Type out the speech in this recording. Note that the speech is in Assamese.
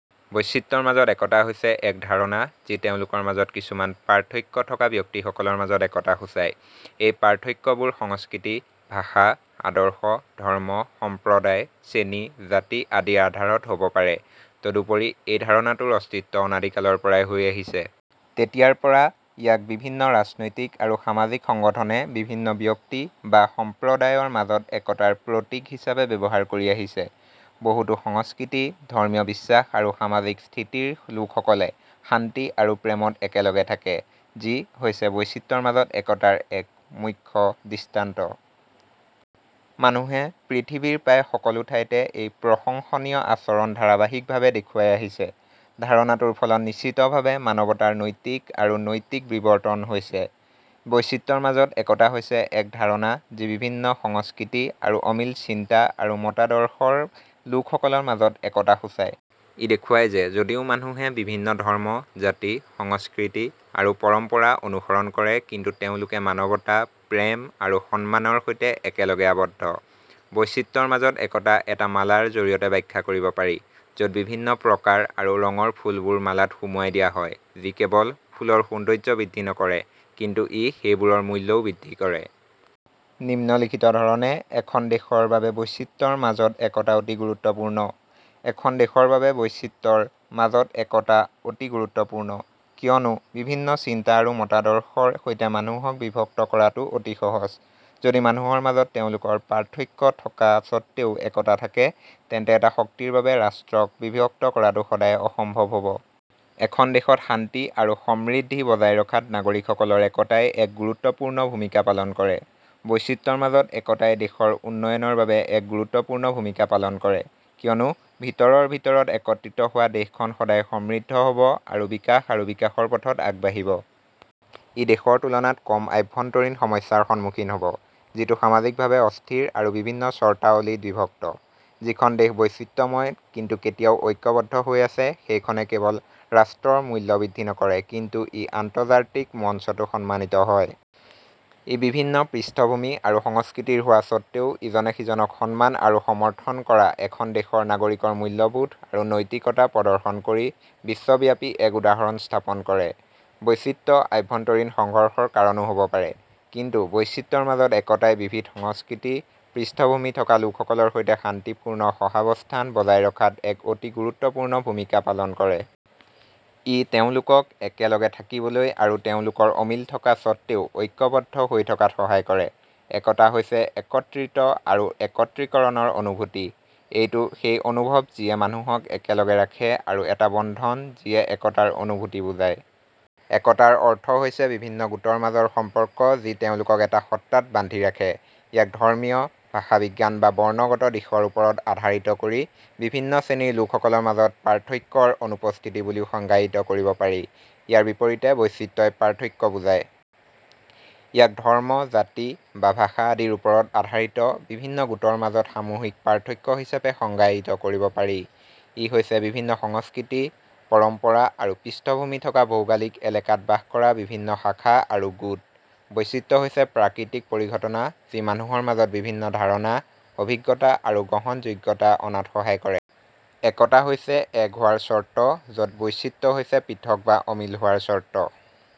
বৈচিত্ৰ্যৰ মাজত একতা হৈছে এক ধাৰণা যি তেওঁলোকৰ মাজত কিছুমান পাৰ্থক্য থকা ব্যক্তিসকলৰ মাজত একতা সূচায়। এই পাৰ্থক্যবোৰ সংস্কৃতি, ভাষা, আদৰ্শ, ধৰ্ম, সম্প্ৰদায়, শ্ৰেণী, জাতি আদিৰ আধাৰত হ'ব পাৰে। তদুপৰি, এই ধাৰণাটোৰ অস্তিত্ব অনাদিকালৰ পৰাই হৈ আহিছে। তেতিয়াৰ পৰা, ইয়াক বিভিন্ন ৰাজনৈতিক আৰু সামাজিক সংগঠনে বিভিন্ন ব্যক্তি বা সম্প্ৰদায়ৰ মাজত একতাৰ প্ৰতীক হিচাপে ব্যৱহাৰ কৰি আহিছে। বহুতো সংস্কৃতি, ধৰ্ম্মীয় বিশ্বাস আৰু সামাজিক স্থিতিৰ লোকসকলে শান্তি আৰু প্ৰেমত একেলগে থাকে, যি হৈছে "বৈচিত্ৰ্যৰ মাজত একতা"ৰ এক মুখ্য দৃষ্টান্ত। মানুহে পৃথিৱীৰ প্ৰায় সকলো ঠাইতে এই প্ৰশংসনীয় আচৰণ ধাৰাবাহিকভাৱে দেখুৱাই আহিছে। ধাৰণাটোৰ ফলত নিশ্চিতভাৱে মানৱতাৰ নৈতিক আৰু নৈতিক বিৱৰ্তন হৈছে। বৈচিত্ৰ্যৰ মাজত একতা হৈছে এক ধাৰণা যি বিভিন্ন সংস্কৃতি আৰু অমিল চিন্তা আৰু মতাদৰ্শৰ লোকসকলৰ মাজত একতা সূচায়। ই দেখুৱায় যে যদিও মানুহে বিভিন্ন ধৰ্ম, জাতি, সংস্কৃতি আৰু পৰম্পৰা অনুসৰণ কৰে কিন্তু তেওঁলোক মানৱতা, প্ৰেম আৰু সন্মানৰ সৈতে একেলগে আবদ্ধ। বৈচিত্ৰ্যৰ মাজত একতা এটা মালাৰ জৰিয়তে ব্যাখ্যা কৰিব পাৰি য'ত বিভিন্ন প্ৰকাৰ আৰু ৰঙৰ ফুলবোৰ মালাত সুমুৱাই দিয়া হয় যি কেৱল ফুলৰ সৌন্দৰ্য বৃদ্ধি নকৰে কিন্তু ই সেইবোৰৰ মূল্যও বৃদ্ধি কৰে। নিম্নলিখিত ধৰণে এখন দেশৰ বাবে বৈচিত্ৰ্যৰ মাজত একতা অতি গুৰুত্বপূৰ্ণ: এখন দেশৰ বাবে বৈচিত্ৰ্যৰ মাজত একতা অতি গুৰুত্বপূৰ্ণ কিয়নো বিভিন্ন চিন্তা আৰু মতাদৰ্শৰ সৈতে মানুহক বিভক্ত কৰাটো অতি সহজ। যদি মানুহৰ মাজত তেওঁলোকৰ পাৰ্থক্য থকা স্বত্বেও একতা থাকে, তেন্তে এটা শক্তিৰ বাবে ৰাষ্ট্ৰক বিভক্ত কৰাটো সদায়ে অসম্ভৱ হ'ব। এখন দেশত শান্তি আৰু সমৃদ্ধি বজাই ৰখাত নাগৰিকসকলৰ একতাই এক গুৰুত্বপূৰ্ণ ভূমিকা পালন কৰে। বৈচিত্ৰ্যৰ মাজত একতাই দেশৰ উন্নয়নৰ বাবে এক গুৰুত্বপূৰ্ণ ভূমিকা পালন কৰে কিয়নো ভিতৰৰ ভিতৰত একত্ৰিত হোৱা দেশখন সদায় সমৃদ্ধ হ'ব আৰু বিকাশ আৰু বিকাশৰ পথত আগবাঢ়িব। ই দেশৰ তুলনাত কম আভ্যন্তৰীণ সমস্যাৰ সন্মুখীন হ'ব যিটো সামাজিকভাৱে অস্থিৰ আৰু বিভিন্ন চৰ্তাৱলীত বিভক্ত। যিখন দেশ বৈচিত্ৰময় কিন্তু এতিয়াও ঐক্যবদ্ধ হৈ আছে সেইখনে কেৱল ৰাষ্ট্ৰৰ মূল্য বৃদ্ধি নকৰে কিন্তু ই আন্তৰ্জাতিক মঞ্চতো সন্মানিত হয়। ই বিভিন্ন পৃষ্ঠভূমি আৰু সংস্কৃতিৰ হোৱা স্বত্বেও ইজনে সিজনক সন্মান আৰু সমৰ্থন কৰা এখন দেশৰ নাগৰিকৰ মূল্যবোধ আৰু নৈতিকতা প্ৰদৰ্শন কৰি বিশ্বব্যাপী এক উদাহৰণ স্থাপন কৰে। বৈচিত্ৰ্য আভ্যন্তৰীণ সংঘৰ্ষৰ কাৰণো হ'ব পাৰে কিন্তু বৈচিত্ৰ্যৰ মাজত একতাই বিবিধ সংস্কৃতি আৰু পৃষ্ঠভূমিথকা লোকসকলৰ সৈতে শান্তিপূৰ্ণ সহাবস্থান বজাই ৰখাত এক অতি গুৰুত্বপূৰ্ণ ভূমিকা পালন কৰে। ই তেওঁলোকক একেলগে থাকিবলৈ আৰু তেওঁলোকৰ অমিল থকা স্বত্বেও ঐক্যবদ্ধ হৈ থকাত সহায় কৰে। একতা হৈছে একত্ৰিততা আৰু একত্ৰীকৰণৰ অনুভূতি। এইটো সেই অনুভৱ যিয়ে মানুহক একেলগে ৰাখে আৰু এটা বন্ধন যিয়ে একতাৰ অনুভূতি বুজায়। একতাৰ অৰ্থ হৈছে বিভিন্ন গোটৰ মাজৰ সম্পৰ্ক যি তেওঁলোকক এটা সত্তাত বান্ধি ৰাখে। ইয়াক ধৰ্মীয়, ভাষাবিজ্ঞান বা বৰ্ণগত দিশৰ ওপৰত আধাৰিত কৰি বিভিন্ন শ্ৰেণীৰ লোকসকলৰ মাজত পাৰ্থক্যৰ অনুপস্থিতি বুলিও সংজ্ঞায়িত কৰিব পাৰি। ইয়াৰ বিপৰীতে, বৈচিত্ৰ্যই পাৰ্থক্য বুজায়। ইয়াক ধৰ্ম, জাতি বা ভাষা আদিৰ ওপৰত আধাৰিত বিভিন্ন গোটৰ মাজত সামূহিক পাৰ্থক্য হিচাপে সংজ্ঞায়িত কৰিব পাৰি। ই হৈছে বিভিন্ন সংস্কৃতি, পৰম্পৰা আৰু পৃষ্ঠভূমিথকা ভৌগোলিক এলেকাত বাস কৰা বিভিন্ন শাখা আৰু গোট। বৈচিত্ৰ্য হৈছে প্ৰাকৃতিক পৰিঘটনা যি মানুহৰ মাজত বিভিন্ন ধাৰণা, অভিজ্ঞতা আৰু গ্ৰহণযোগ্যতা অনাত সহায় কৰে। একতা হৈছে এক হোৱাৰ চৰ্ত য'ত বৈচিত্ৰ্য হৈছে পৃথক বা অমিল হোৱাৰ চৰ্ত।